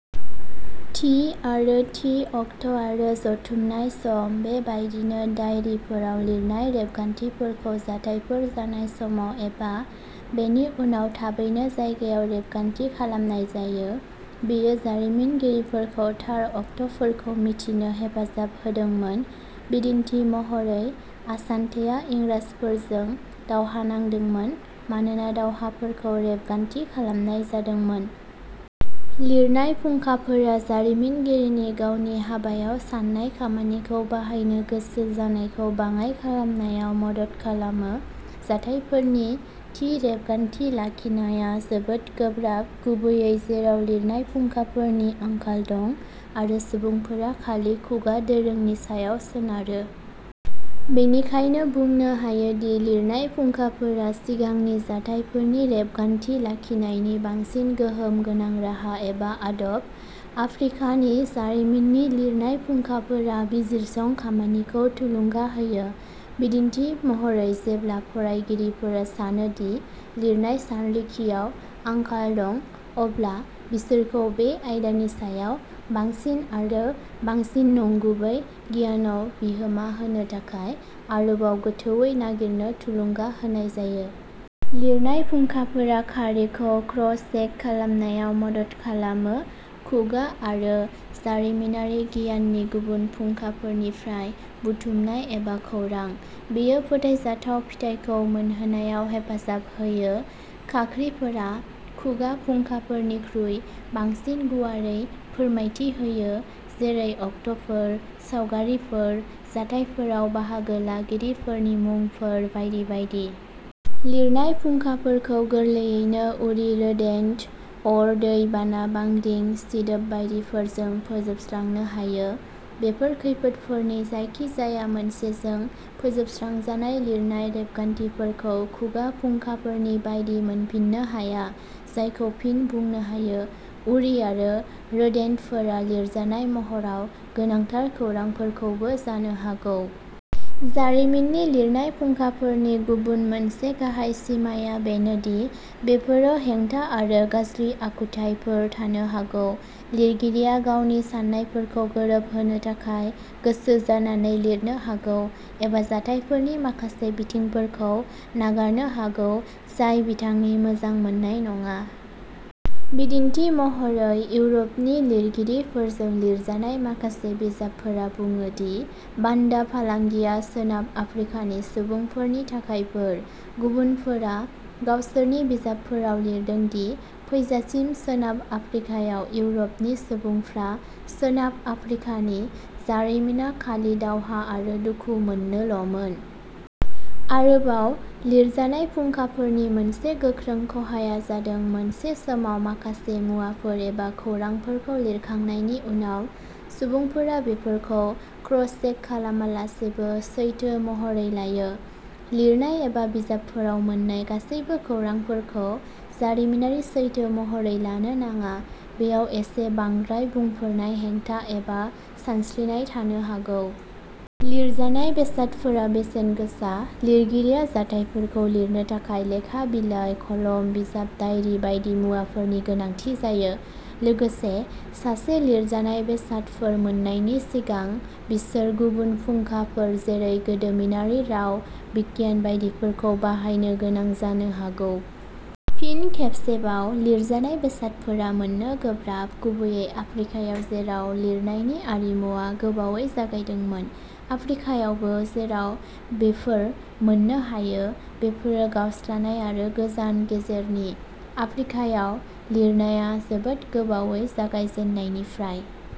थि आरो the act' आरो जथुमनाय सम। बेबायदिनो दाइरिफोराव लिरनाय रेबगान्थिफोरखौ जाथायफोर जानाय समाव एबा बेनि उनाव थाबैनो जायगायाव रेबगान्थि खालामनाय जायो। बेयो जारिमिनगिरिफोरखौ थार अक्ट'फोरखौ मिथिनो हेफाजाब होदोंमोन बिदिन्थि महरै आसान्तेआ इंराजफोरजों दावहा नांदोंमोन मानोना दावहाफोरखौ रेबगान्थि खालामनाय जादोंमोन। लिरनाय फुंखाफोरा जारिमिनगिरिनि गावनि हाबायाव सान्नाय खामानिखौ बाहायनो गोसो जानायखौ बाङाइ खालामनायाव मदद खालामो। जाथायफोरनि थि रेबगान्थि लाखिनाया जोबोद गोब्राब गुबैयै जेराव लिरनाय फुंखाफोरनि आंखाल दं आरो सुबुंफोरा खालि खुगा दोरोंनि सायाव सोनारो। बेनिखायनो बुंनो हायो दि लिरनाय फुंखाफोरा सिगांनि जाथायफोरनि रेबगान्थि लाखिनायनि बांसिन गोहोम गोनां राहा एबा आदब। आफ्रिकानि जारिमिननि लिरनाय फुंखाफोरा बिजिरसं खामानिखौ थुलुंगा होयो। बिदिन्थि महरै जेब्ला फरायगिरिफोरा सानो दि लिरनाय सानरिखियाव आंखाल दं अब्ला बिसोरखौ बे आयदानि सायाव बांसिन आरो बांसिन नंगुबै गियानआव बिहोमा होनो थाखाय आरोबाव गोथौवै नागिरनो थुलुंगा होनाय जायो। लिरनाय फुंखाफोरा खारिखौ क्रस चेक खालामनायाव मदद खालामो। खुगा आरो जारिमिनारि गियाननि गुबुन फुंखाफोरनिफ्राय बुथुमनाय एबा खौरां। बेयो फोथायजाथाव फिथाइखौ मोनहोनायाव हेफाजाब होयो। खाख्रिफोरा खुगा फुंखाफोरनिख्रुइ बांसिन गुवारै फोरमायथि होयो जेरै अक्ट'फोर सावगारिफोर जाथायफोराव बाहागो लागिरिफोरनि मुंफोर बायदि बायदि। लिरनाय फुंखाफोरखौ गोरलैयैनो उरि रोदेन्ट अर दै बाना बांग्रि सिदोब बायदिफोरजों फोजोबस्रांनो हायो। बेफोर खैफोदफोरनि जायखिजाया मोनसेजों फोजोबस्रांजानाय लिरनाय रेबगान्थिफोरखौ खुगा फुंखाफोरनि बायदि मोनफिन्नो हाया जायखौ फिन बुंनो हायो। उरि आरो रोदेन्टफोरा लिरजानाय महराव गोनांथार खौरांफोरखौबो जानो हागौ। जारिमिननि लिरनाय फुंखाफोरनि गुबुन मोनसे गाहाय सिमाआ बेनो दि बेफोरो हेंथा आरो गाज्रि आखुथायफोर थानो हागौ। लिरगिरिया गावनि साननायफोरखौ गोरोबहोनो थाखाय गोसो जानानै लिरनो हागौ एबा जाथायफोरनि माखासे बिथिंफोरखौ नागारनो हागौ जाय बिथांनि मोजां मोननाय नङा। बिदिन्थि महरै इउर'पनि लिरगिरिफोरजों लिरजानाय माखासे बिजाबफोरा बुङो दि बान्दा फालांगिआ सोनाब आफ्रिकानि सुबुंफोरनि थाखाय बोर। गुबुनफोरा गावसोरनि बिजाबफोराव लिरदों दि फैजासिम सोनाब आफ्रिकायाव इउरपनि सुबुंफ्रा सोनाब आफ्रिकानि जारिमिना खालि दावहा आरो दुखु मोननोल'मोन। आरोबाव लिरजानाय फुंखाफोरनि मोनसे गोख्रों खहाआ जादों मोनसे समाव माखासे मुवाफोर एबा खौरांफोरखौ लिरखांनायनि उनाव सुबुंफोरा बेफोरखौ क्रसचेक खालामालासेबो सैथो महरै लायो। लिरनाय एबा बिजाबफोराव मोन्नाय गासैबो खौरांफोरखौ जारिमिनारि सैथो महरै लानो नाङा बेयाव एसे बांद्राय बुंफोरनाय हेंथा एबा सानस्रिनाय थानो हागौ। लिरजानाय बेसादफोरा बेसेन गोसा। लिरगिरिया जाथायफोरखौ लिरनो थाखाय लेखा बिलाइ कलम बिजाब दाइरि बायदि मुवाफोरनि गोनांथि जायो। लोगोसे सासे लिरजानाय बेसादफोर मोननायनि सिगां बिसोर गुबुन फुंखाफोर जेरै गोदोमिनारि राव बिगियान बायदिफोरखौ बाहायनो गोनां जानो हागौ। फिन खेबसेबाव लिरजानाय बेसादफोरा मोननो गोब्राब गुबैयै आफ्रिकायाव जेराव लिरनायनि आरिमुआ गोबावै जागायदोंमोन। आफ्रिकायावबो जेराव बेफोर मोननो हायो बेफोरो गावस्रानाय आरो गोजान गेजेरनि। आफ्रिकायाव लिरनाया जोबोद गोबावै जागायजेन्नायनिफ्राय।